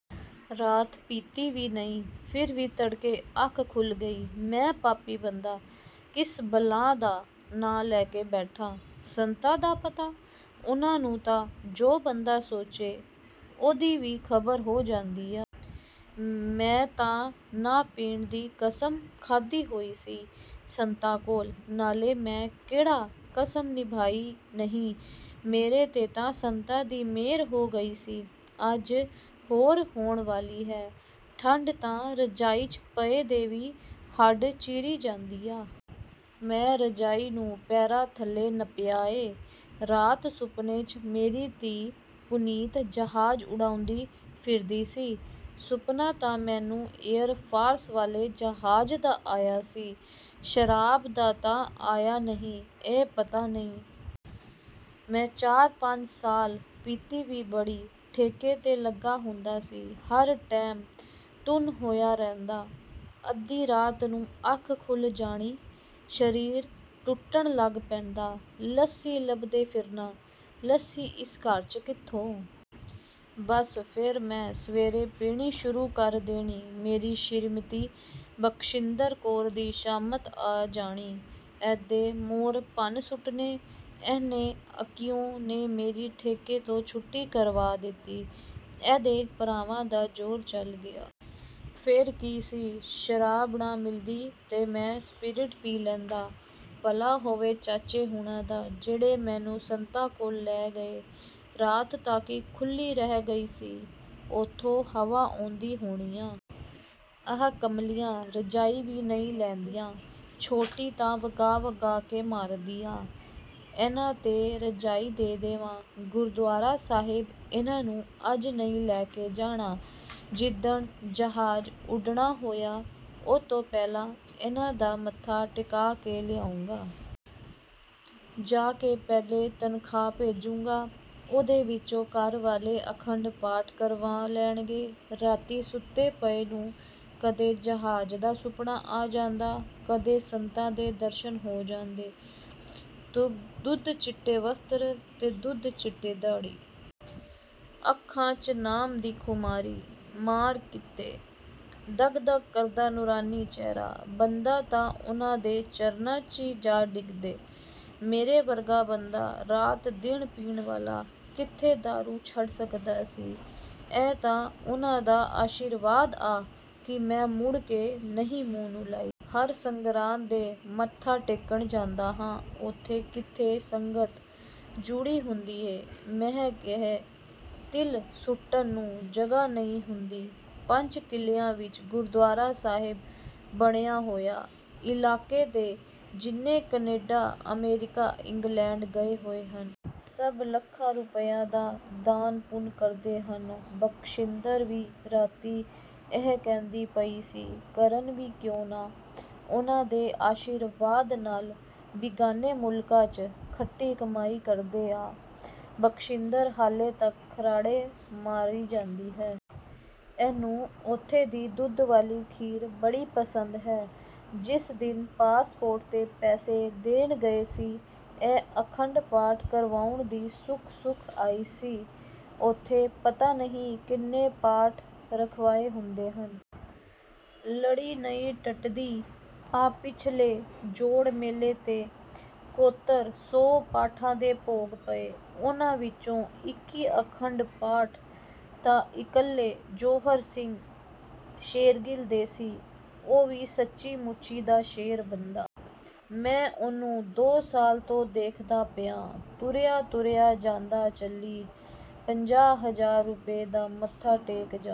ਰਾਤ ਪੀਤੀ ਵੀ ਨਈਂ। ਫ਼ਿਰ ਵੀ ਤੜਕੇ ਅੱਖ ਖੁੱਲ੍ਹ ਗਈ। ਮੈਂ ਪਾਪੀ ਬੰਦਾ। ਕਿਸ ਬਲਾਅ ਦਾ ਨਾਂ ਲੈ ਬੈਠਾ। ਸੰਤਾਂ ਦਾ ਪਤਾ? ਉਨ੍ਹਾਂ ਨੂੰ ਤਾਂ, ਜੋ ਬੰਦਾ ਸੋਚੇ… ਉਹਦੀ ਵੀ ਖ਼ਬਰ ਹੋ ਜਾਂਦੀ ਆ। ਮੈਂ ਤਾਂ ਨਾ ਪੀਣ ਦੀ ਕਸਮ ਖਾਧੀ ਹੋਈ ਆ, ਸੰਤਾਂ ਕੋਲ। ਨਾਲੇ ਮੈਂ ਕਿਹੜਾ ਕਸਮ ਨਿਭਾਈ ਨਈਂ। ਮੇਰੇ 'ਤੇ ਤਾਂ ਸੰਤਾਂ ਦੀ ਮਿਹਰ ਹੋ ਗਈ ਸੀ। ਅੱਜ ਹੋਰ ਹੋਣ ਵਾਲੀ ਹੈ। ਠੰਡ ਤਾਂ ਰਜਾਈ 'ਚ ਪਏ ਦੇ ਵੀ ਹੱਢ ਚੀਰੀ ਜਾਂਦੀ ਆ। ਮੈਂ ਰਜਾਈ ਨੂੰ ਪੈਰਾਂ ਥੱਲੇ ਨੱਪਿਆ ਏ। ਰਾਤ ਸੁਪਨੇ 'ਚ ਮੇਰੀ ਧੀ ਪੁਨੀਤ ਜਹਾਜ਼ ਉਡਾਉਂਦੀ ਫ਼ਿਰਦੀ ਸੀ। ਸੁਪਨਾ ਤਾਂ ਮੈਨੂੰ ਏਅਰ ਫਰਾਂਸ ਵਾਲੇ ਜਹਾਜ਼ ਦਾ ਆਇਆ ਸੀ। ਸ਼ਰਾਬ ਦਾ ਤਾਂ ਆਇਆ ਨਈਂ। ਇਹ ਪਤਾ ਨਈਂ—। ਮੈਂ ਚਾਰ-ਪੰਜ ਸਾਲ ਪੀਤੀ ਵੀ ਬੜੀ। ਠੇਕੇ 'ਤੇ ਲੱਗਾ ਹੁੰਦਾ ਸੀ। ਹਰ ਟੈਮ ਟੁੰਨ ਹੋਇਆ ਰਹਿਣਾ। ਅੱਧੀ ਰਾਤ ਨੂੰ ਅੱਖ ਖੁੱਲ੍ਹ ਜਾਣੀ। ਸਰੀਰ ਟੁੱਟਣ ਲੱਗ ਪੈਣਾ। ਲੱਸੀ ਲੱਭਦੇ ਫ਼ਿਰਨਾ। ਲੱਸੀ ਇਸ ਘਰ 'ਚ ਕਿਥੋਂ? ਬੱਸ ਫ਼ਿਰ ਮੈਂ ਸਵੇਰੇ ਪੀਣੀ ਸ਼ੁਰੂ ਕਰ ਦੇਣੀ। ਮੇਰੀ ਸ਼੍ਰੀਮਤੀ ਬਖਸ਼ਿੰਦਰ ਕੌਰ ਦੀ ਸ਼ਾਮਤ ਆ ਜਾਣੀ। ਇਹਦੇ ਮੌਰ ਭੰਨ ਸੁੱਟਣੇ। ਇਹਨੇ ਅੱਕੀਓ ਨੇ ਮੇਰੀ ਠੇਕੇ ਤੋਂ ਛੁੱਟੀ ਕਰਵਾ ਦਿੱਤੀ। ਇਹਦੇ ਭਰਾਵਾਂ ਦਾ ਜ਼ੋਰ ਚੱਲ ਗਿਆ। ਫ਼ੇਰ ਕੀ ਸੀ। ਸ਼ਰਾਬ ਨਾ ਮਿਲਦੀ ਤਾਂ ਮੈਂ ਸਪਿਰਿਟ ਪੀ ਲੈਂਦਾ। ਭਲਾ ਹੋਵੇ ਚਾਚੇ ਹੁਣਾਂ ਦਾ ਜਿਹੜੇ ਮੈਨੂੰ ਸੰਤਾਂ ਕੋਲ ਲੈ ਗਏ। ਰਾਤ ਤਾਕੀ ਖੁੱਲ੍ਹੀ ਰਹਿ ਗਈ ਸੀ। ਉਥੋਂ ਹਵਾ ਆਉਂਦੀ ਹੋਣੀ ਆ। ਆਹ ਕਮਲੀਆਂ ਰਜਾਈ ਵੀ ਨਈਂ ਲੈਂਦੀਆਂ। ਛੋਟੀ ਤਾਂ ਵਗਾਹ-ਵਗਾਹ ਕੇ ਮਾਰਦੀ ਆ।… ਇਨ੍ਹਾਂ 'ਤੇ ਰਜਾਈ ਦੇ ਦੇਵਾਂ। ਗੁਰਦੁਆਰਾ ਸਾਹਿਬ ਇਨ੍ਹਾਂ ਨੂੰ ਅੱਜ ਨਈਂ ਲੈ ਕੇ ਜਾਣਾ। ਜਿੱਦਣ ਜਹਾਜ਼ ਚੜ੍ਹਣਾ ਹੋਇਆ, ਉਹ ਤੋਂ ਪਹਿਲਾਂ ਇਨ੍ਹਾਂ ਦਾ ਮੱਥਾ ਟਿਕਾ ਕੇ ਲਿਆਊਗਾ। ਜਾ ਕੇ ਪਹਿਲੀ ਤਨਖ਼ਾਹ ਭੇਜੂੰਗਾ। ਉਹਦੇ ਵਿੱਚੋਂ ਘਰ ਵਾਲੇ ਅਖੰਡ ਪਾਠ ਕਰਵਾ ਲੈਣਗੇ। ਰਾਤੀਂ ਸੁੱਤੇ ਪਏ ਨੂੰ ਕਦੇ ਜਹਾਜ਼ ਦਾ ਸੁਪਨਾ ਆ ਜਾਂਦਾ, ਕਦੇ ਸੰਤਾਂ ਦੇ ਦਰਸ਼ਨ ਹੋ ਜਾਂਦੇ। ਦੁੱਧ ਚਿੱਟੇ ਵਸਤਰ, ਦੁੱਧ ਚਿੱਟੀ ਦਾੜ੍ਹੀ। ਅੱਖਾਂ 'ਚ ਨਾਮ ਦੀ ਖੁਮਾਰੀ। ਮਾਅਰ ਕਿਤੇ… ਦੱਗ-ਦੱਗ ਕਰਦਾ ਨੂਰਾਨੀ ਚਿਹਰਾ। ਬੰਦਾ ਤਾਂ ਉਨ੍ਹਾਂ ਦੇ ਚਰਨਾਂ 'ਚ ਈ ਜਾ ਡਿਗਦੈ। ਮੇਰੇ ਵਰਗਾ ਬੰਦਾ, ਰਾਤ ਦਿਨ ਪੀਣ ਵਾਲਾ, ਕਿਤੇ ਦਾਰੂ ਛੱਡ ਸਕਦਾ ਸੀ? ਇਹ ਤਾਂ ਉਨ੍ਹਾਂ ਦਾ ਆਸ਼ੀਰਵਾਦ ਆ ਕਿ ਮੈਂ ਮੁੜ ਕੇ ਨਈਂ ਮੂੰਹ ਨੂੰ ਲਾਈ। ਹਰ ਸੰਗਰਾਂਦ 'ਤੇ ਮੱਥਾ ਟੇਕਣ ਜਾਂਦਾ ਹਾਂ। ਉੱਥੇ ਕਿਤੇ ਸੰਗਤ ਜੁੜੀ ਹੁੰਦੀ ਹੈ! ਮੈਂ ਕਿਹੈ… ਤਿਲ ਸੁੱਟਣ ਨੂੰ ਜਗ੍ਹਾ ਨਈਂ ਹੁੰਦੀ। ਪੰਜ ਕਿੱਲਿਆਂ ਵਿੱਚ ਗੁਰਦੁਆਰਾ ਸਾਹਿਬ ਬਣਿਆ ਹੋਇਆ। ਇਲਾਕੇ ਦੇ ਜਿੰਨੇ ਕਨੈਡਾ ਅਮਰੀਕਾ ਇੰਗਲੈਂਡ ਗਏ ਹੋਏ ਹਨ। ਸੱਭ ਲੱਖਾਂ ਰੁਪਈਆਂ ਦਾ ਦਾਨ ਪੁੰਨ ਕਰਦੇ ਹਨ। ਬਖਸ਼ਿੰਦਰ ਵੀ ਰਾਤੀਂ ਇਹੀ ਕਹਿੰਦੀ ਪਈ ਸੀ। "ਕਰਨ ਵੀ ਕਿਉਂ ਨਾ। ਉਨ੍ਹਾਂ ਦੇ ਆਸ਼ੀਰਵਾਦ ਨਾਲ ਬਿਗਾਨੇ ਮੁਲਕਾਂ 'ਚ ਖੱਟੀ ਕਮਾਈ ਕਰਦੇ ਆ। " ਬਖਸ਼ਿੰਦਰ ਹਾਲੇ ਤੱਕ ਘਰਾੜੇ ਮਾਰੀ ਜਾਂਦੀ ਹੈ। ਇਹਨੂੰ ਉੱਥੇ ਦੀ ਦੁੱਧ ਵਾਲੀ ਖੀਰ ਬੜੀ ਪਸੰਦ ਹੈ। ਜਿਸ ਦਿਨ ਪਾਸਪੋਰਟ ਤੇ ਪੈਸੇ ਦੇਣ ਗਏ ਸੀ। ਇਹ ਅਖੰਡ ਪਾਠ ਕਰਵਾਉਣ ਦੀ ਸੁੱਖ ਸੁਖ ਆਈ ਸੀ। ਉਥੇ ਪਤਾ ਨਈਂ ਕਿੰਨੇ ਪਾਠ ਰਖਵਾਏ ਹੁੰਦੇ ਹਨ। ਲੜੀ ਨਈਂ ਟੱੁਟਦੀ। ਆ ਪਿੱਛਲੇ ਜੋੜ ਮੇਲੇ 'ਤੇ ਕੋਤਰ ਸੌ ਪਾਠਾਂ ਦੇ ਭੋਗ ਪਏ। ਉਨ੍ਹਾਂ ਵਿੱਚੋਂ ਇੱਕੀ ਅਖੰਡ ਪਾਠ ਤਾਂ ਇਕੱਲੇ ਜੌਹਨ ਸਿੰਘ ਸ਼ੇਰਗਿੱਲ ਦੇ ਸੀ। ਉਹ ਵੀ ਸੱਚੀਂ ਮੁੱਚੀਂ ਦਾ ਸ਼ੇਰ ਬੰਦਾ। ਮੈਂ ਉਹਨੂੰ ਦੋ ਸਾਲ ਤੋਂ ਦੇਖਦਾ ਪਿਆਂ। ਤੁਰਿਆ-ਤੁਰਿਆ ਜਾਂਦਾ ਚਾਲੀ-ਪੰਜਾਹ ਹਜ਼ਾਰ ਰੁਪਏ ਦਾ ਮੱਥਾ ਟੇਕ ਜਾਊ।